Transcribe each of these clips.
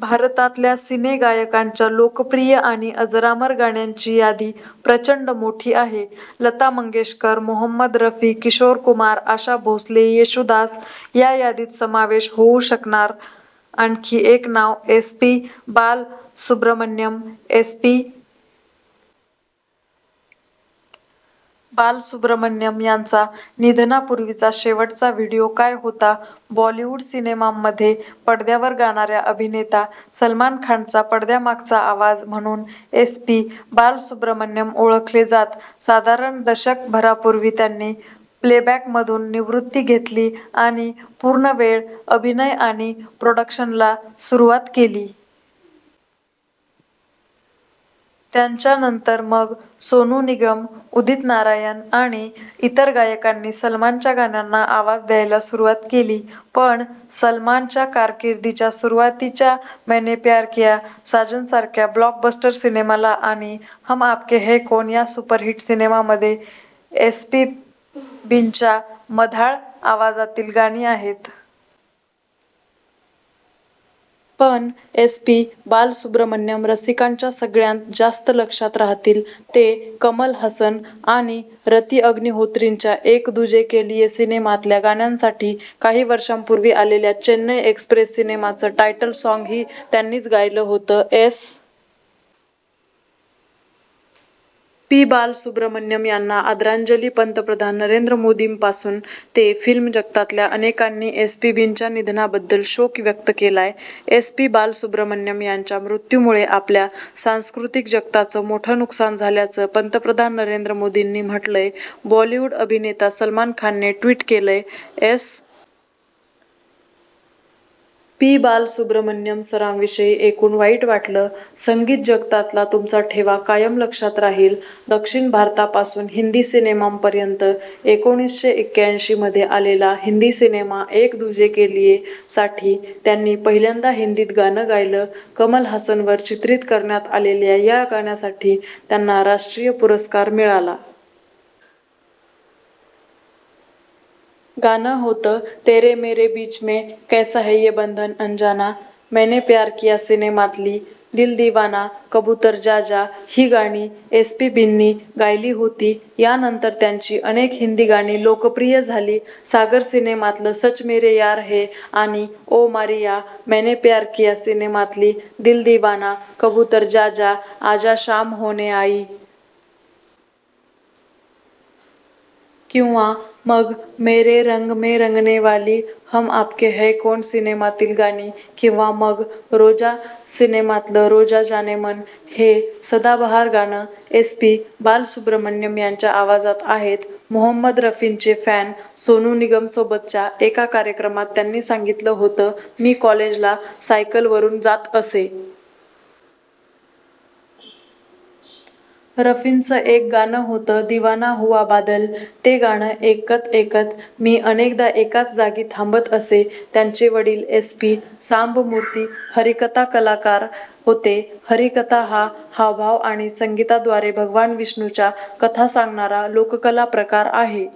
भारतातल्या सिने गायकांच्या लोकप्रिय आणि अजरामर गाण्यांची यादी प्रचंड मोठी आहे. लता मंगेशकर, मोहम्मद रफी, किशोर कुमार, आशा भोसले, येशुदास या यादीत समावेश होऊ शकणारं आणखी एक नाव S. P. Balasubrahmanyam. S. P. Balasubrahmanyam यांचा निधनापूर्वीचा शेवटचा व्हीडिओ काय होता? बॉलिवुड सिनेमांमध्ये पडद्यावर गाणाऱ्या अभिनेता सलमान खानचा पडद्यामागचा आवाज म्हणून एस. पी. बालसुब्रमण्यम ओळखले जात. साधारण दशकभरापूर्वी त्यांनी प्लेबॅकमधून निवृत्ती घेतली आणि पूर्णवेळ अभिनय आणि प्रोडक्शनला सुरुवात केली. त्यांच्यानंतर मग सोनू निगम, उदित नारायण आणि इतर गायकांनी सलमानच्या गाण्यांना आवाज द्यायला सुरुवात केली. पण सलमानच्या कारकीर्दीच्या सुरुवातीच्या मैनें प्यार किया, साजन सारख्या ब्लॉकबस्टर सिनेमाला आणि हम आपके है कौन या सुपरहिट सिनेमामध्ये एसपीबींच्या मधाळ आवाजातली गाणी आहेत. पण एस. पी. बालसुब्रमण्यम रसिकांच्या सगळ्यांत जास्त लक्षात राहतील ते कमल हासन आणि रती अग्निहोत्रींच्या एक दुजे के लिए सिनेमातल्या गाण्यांसाठी. काही वर्षांपूर्वी आलेल्या चेन्नई एक्स्प्रेस सिनेमाचं टायटल साँगही त्यांनीच गायलं होतं. एस. पी. बालसुब्रमण्यम यांना आदरांजली पंतप्रधान नरेंद्र मोदींपासून ते फिल्म जगतातल्या अनेकांनी एसपीबींच्या निधनाबद्दल शोक व्यक्त केलाय. एस. पी. बालसुब्रमण्यम यांच्या मृत्यूमुळे आपल्या सांस्कृतिक जगताचं मोठं नुकसान झाल्याचं पंतप्रधान नरेंद्र मोदींनी म्हटलंय. बॉलिवुड अभिनेता सलमान खानने ट्विट केलंय, एस. पी. बालसुब्रमण्यम सरांविषयी ऐकून वाईट वाटलं. संगीतजगतातला तुमचा ठेवा कायम लक्षात राहील. दक्षिण भारतापासून हिंदी सिनेमांपर्यंत एकोणीसशे एक्क्याऐंशीमध्ये आलेला हिंदी सिनेमा एक दुजे के लिए साठी त्यांनी पहिल्यांदा हिंदीत गाणं गायलं. कमल हासनवर चित्रित करण्यात आलेल्या या गाण्यासाठी त्यांना राष्ट्रीय पुरस्कार मिळाला. गाणं होतं तेरे मेर बीच में कैसा है ये बंधन अंजाना, मैंने प्यार किया सिनेमातली दिल दिवाना, कबूतर जा जा ही गाणी एसपीबींनी गायली होती. यानंतर त्यांची अनेक हिंदी गाणी लोकप्रिय झाली. सागर सिनेमातलं सच मेरे यार है आणि ओ मारिया, मैंने प्यार किया सिनेमातली दिल दिवाना, कबूतर जा जा, आजा शाम होने आई. किंवा मग मेरे रंग मे रंगने वाली हम आपके हैं कौन सिनेमातील गाणी किंवा मग रोजा सिनेमातलं रोजा जानेमन हे सदाबहार गाणं एस. पी. बालसुब्रमण्यम यांच्या आवाजात आहेत. मोहम्मद रफींचे फॅन सोनू निगमसोबतच्या एका कार्यक्रमात त्यांनी सांगितलं होतं, मी कॉलेजला सायकलवरून जात असे. रफींचं एक गाणं होतं दिवाना हुवा बादल. ते गाणं ऐकत ऐकत मी अनेकदा एकाच जागी थांबत असे त्यांचे वडील एस. पी. सांबमूर्ती हरि कथा कलाकार होते. हरि कथा हा हावभाव आणि संगीताद्वारे भगवान विष्णूच्या कथा सांगणारा लोककला प्रकार आहे.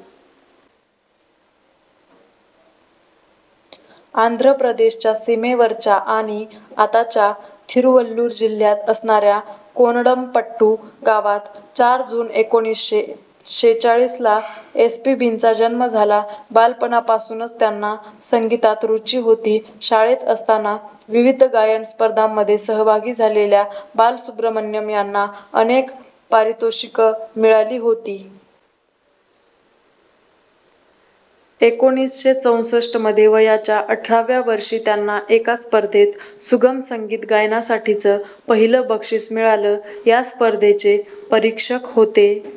आंध्र प्रदेशच्या सीमेवरच्या आणि आताच्या थिरुवल्लूर जिल्ह्यात असणाऱ्या कोनडमपट्टू गावात चार जून एकोणीसशे शेचाळीसला एसपीबींचा जन्म झाला. बालपणापासूनच त्यांना संगीतात रुची होती. शाळेत असताना विविध गायन स्पर्धांमध्ये सहभागी झालेल्या बालसुब्रमण्यम यांना अनेक पारितोषिकं मिळाली होती. एकोणीसशे चौसष्टमध्ये वयाच्या अठराव्या वर्षी त्यांना एका स्पर्धेत सुगम संगीत गायनासाठीचं पहिलं बक्षीस मिळालं. या स्पर्धेचे परीक्षक होते